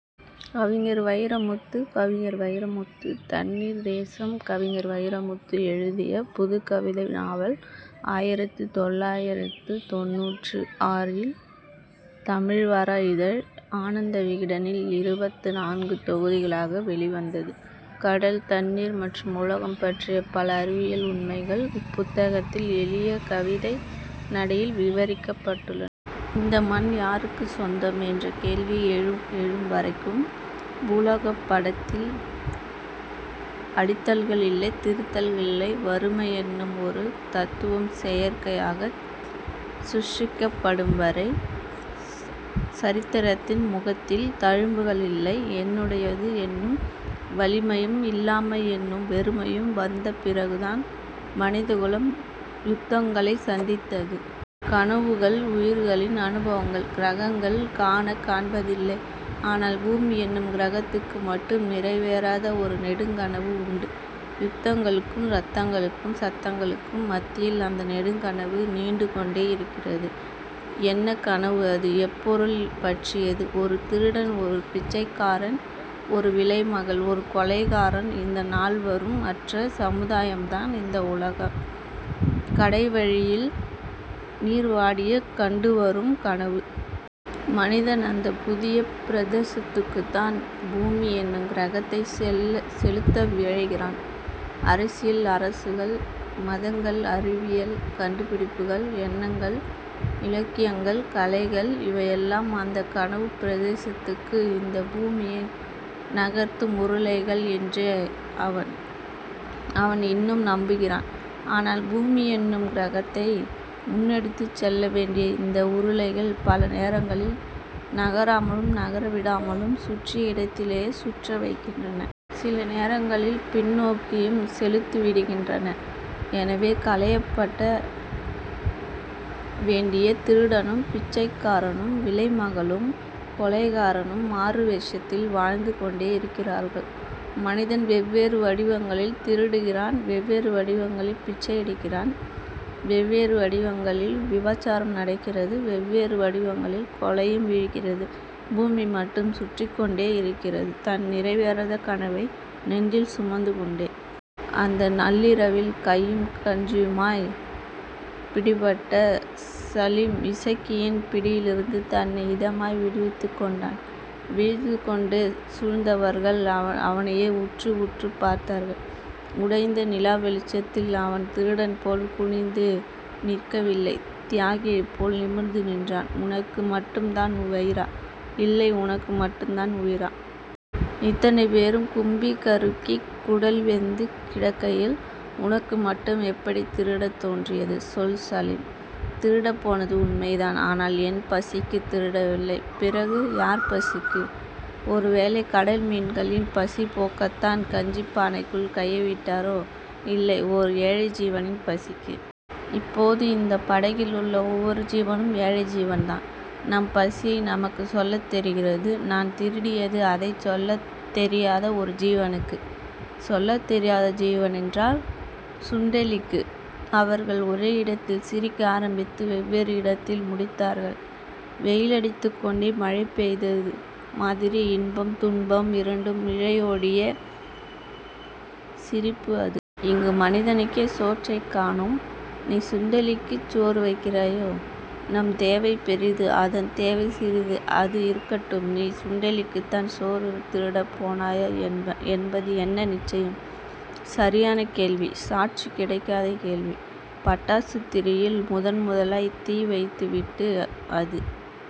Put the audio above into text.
கவிஞர் வைரமுத்து கவிஞர் வைரமுத்து தண்ணீர் தேசம் கவிஞர் வைரமுத்து எழுதிய புதுக்கவிதை நாவல். ஆயிரத்து தொள்ளாயிரத்து தொண்ணூற்று ஆறில் தமிழ் வர இதழ் ஆனந்த விகடனில் இருவத்து நான்கு தொகுதிகளாக வெளிவந்தது. கடல், தண்ணீர் மற்றும் உலகம் பற்றிய பல அறிவியல் உண்மைகள் இப்புத்தகத்தில் எளிய கவிதை நடையில் விவரிக்கப் பட்டுள்ளன. இந்த மண் யாருக்குச் சொந்தம் என்ற கேள்வி எழும்எழும்வரைக்கும் பூகோளப் படத்தில் அடித்தல்கள் இல்லை. திருத்தல்கள் இல்லை. வறுமை என்னும் ஒரு தத்துவம் செயற்கையாகச் சிருஷ்டிக்கப்படும்வரை சரித்திரத்தின் முகத்தில் தழும்புகள் இல்லை. என்னுடையது என்னும் வலிமையும், இல்லாமை என்னும் வெறுமையும் வந்த பிறகுதான் மனிதகுலம் யுத்தங்களைச் சந்தித்தது. கனவுகள் உயிர்களின் அனுபவங்கள். கிரகங்கள் கானக் காண்பதில்லை. ஆனால், பூமி என்னும் கிரகத்துக்கு மட்டும் நிறைவேறாத ஒரு நெடுங்கனவு உண்டு. யுத்தங்களுக்கும் ரத்தங்களுக்கும் சத்தங்களுக்கும் மத்தியில் அந்த நெடுங்கனவு நீண்டு கொண்டேயிருக்கிறது. என்ன கனவு அது? எப்பொருள் பற்றியது? ஒரு திருடன் ஒரு பிச்சைக்காரன் ஒரு விலைமகள் ஒரு கொலைகாரன் இந்த நால்வரும் அற்ற சமுதாயம்தான் இந்த உலகம் கடைவழியில் நீர்வாடியக் கண்டுவரும் கனவு. மனிதன் அந்தப் புதிய பிரதேசத்துக்குத்தான் பூமி என்னும் கிரகத்தைச் செலுத்த விழைகிறான். அரசியல் அரசுகள் மதங்கள் அறிவியல் கண்டுபிடிப்புகள் எண்ணங்கள் இலக்கியங்கள் கலைகள் இவையெல்லாம் அந்தக் கனவுப் பிரதேசத்துக்கு இந்தப் பூமியை நகர்த்தும் உருளைகள் என்றே அவன்அவன் இன்னும் நம்புகிறான். ஆனால், பூமியென்னும் கிரகத்தை முன்னெடுத்துச் செல்ல வேண்டிய இந்த உருளைகள் பல நேரங்களில் நகராமலும் நகரவிடாமலும் சுற்றிய இடத்திலேயே சுற்ற வைக்கின்றன. சில நேரங்களில் பின்னோக்கியும் செலுத்திவிடுகின்றன. எனவே களையப்பட வேண்டிய திருடனும் பிச்சைக்காரனும் விலைமகளும் கொலைகாரனும் மாறுவேஷத்தில் வாழ்ந்து கொண்டேயிருக்கிறார்கள். மனிதன் வெவ்வேறு வடிவங்களில் திருடுகிறான். வெவ்வேறு வடிவங்களில் பிச்சையெடுக்கிறான். வெவ்வேறு வடிவங்களில் விபசாரம் நடக்கிறது. வெவ்வேறு வடிவங்களில் கொலையும் விழுகிறது. பூமி மட்டும் சுற்றிக்கொண்டேயிருக்கிறது தன் நிறைவேறாத கனவை நெஞ்சில் சுமந்துகொண்டே. அந்த நள்ளிரவில் கையும் கஞ்சியுமாய்ப் பிடிபட்ட சலீம், இசக்கியின் பிடியிலிருந்து தன்னை இதமாய் விடுவித்துக் கொண்டான். விழித்துக்கொண்டு சூழ்ந்தவர்கள் அவனையே உற்று உற்றுப் பார்த்தார்கள் உடைந்த நிலாவெளிச்சத்தில். அவன் திருடன்போல் குனிந்து நிற்கவில்லை. தியாகிபோல் நிமிர்ந்து நின்றான். உனக்கு மட்டுந்தான் வயிறா? இல்லை உனக்கு மட்டுந்தான் உயிரா? இத்தனை பேரும் கும்பிகருகிக் குடல் வெந்து கிடக்கையில் உனக்கு மட்டும் எப்படித் திருடத் தோன்றியது? சொல் சலீம். திருடப் போனது உண்மைதான். ஆனால், என் பசிக்குத் திருடவில்லை... பிறகு யார் பசிக்கு? ஒருவேளை கடல்மீன்களின் பசிபோக்கத்தான் கஞ்சிப் பானைக்குள் கைவிட்டாரோ? இல்லை. ஓர் ஏழை ஜீவனின் பசிக்கு. இப்போது இந்தப் படகிலுள்ள ஒவ்வொரு ஜீவனும் ஏழை ஜீவன்தான். நம் பசியை நமக்குச் சொல்லத் தெரிகிறது. நான் திருடியது அதைச் சொல்லத் தெரியாத ஒரு ஜீவனுக்கு. சொல்லத் தெரியாத ஜீவனென்றால்..? சுண்டெலிக்கு. அவர்கள் ஒரே இடத்தில் சிரிக்க ஆரம்பித்து வெவ்வேறு இடத்தில் முடித்தார்கள். வெயிலடித்துக் கொண்டே மழை பெய்தது மாதிரி இன்பம், துக்கம் இரண்டும் இழையோடிய சிரிப்பு அது. இங்கு மனிதனுக்கே சோற்றைக் காணோம். நீ சுண்டெலிக்குச் சோறு வைக்கிறாயோ? நம் தேவை பெரிது. அதன் தேவை சிறிது. அது இருக்கட்டும். நீ சுண்டெலிக்குத்தான் சோறு திருடப் போனாய் என்பது என்ன நிச்சயம்? சரியான கேள்வி. சாட்சி கிடைக்காத கேள்வி. பட்டாசுத் திரியில் முதன்முதலாய்த் தீ வைத்துவிட்டு அது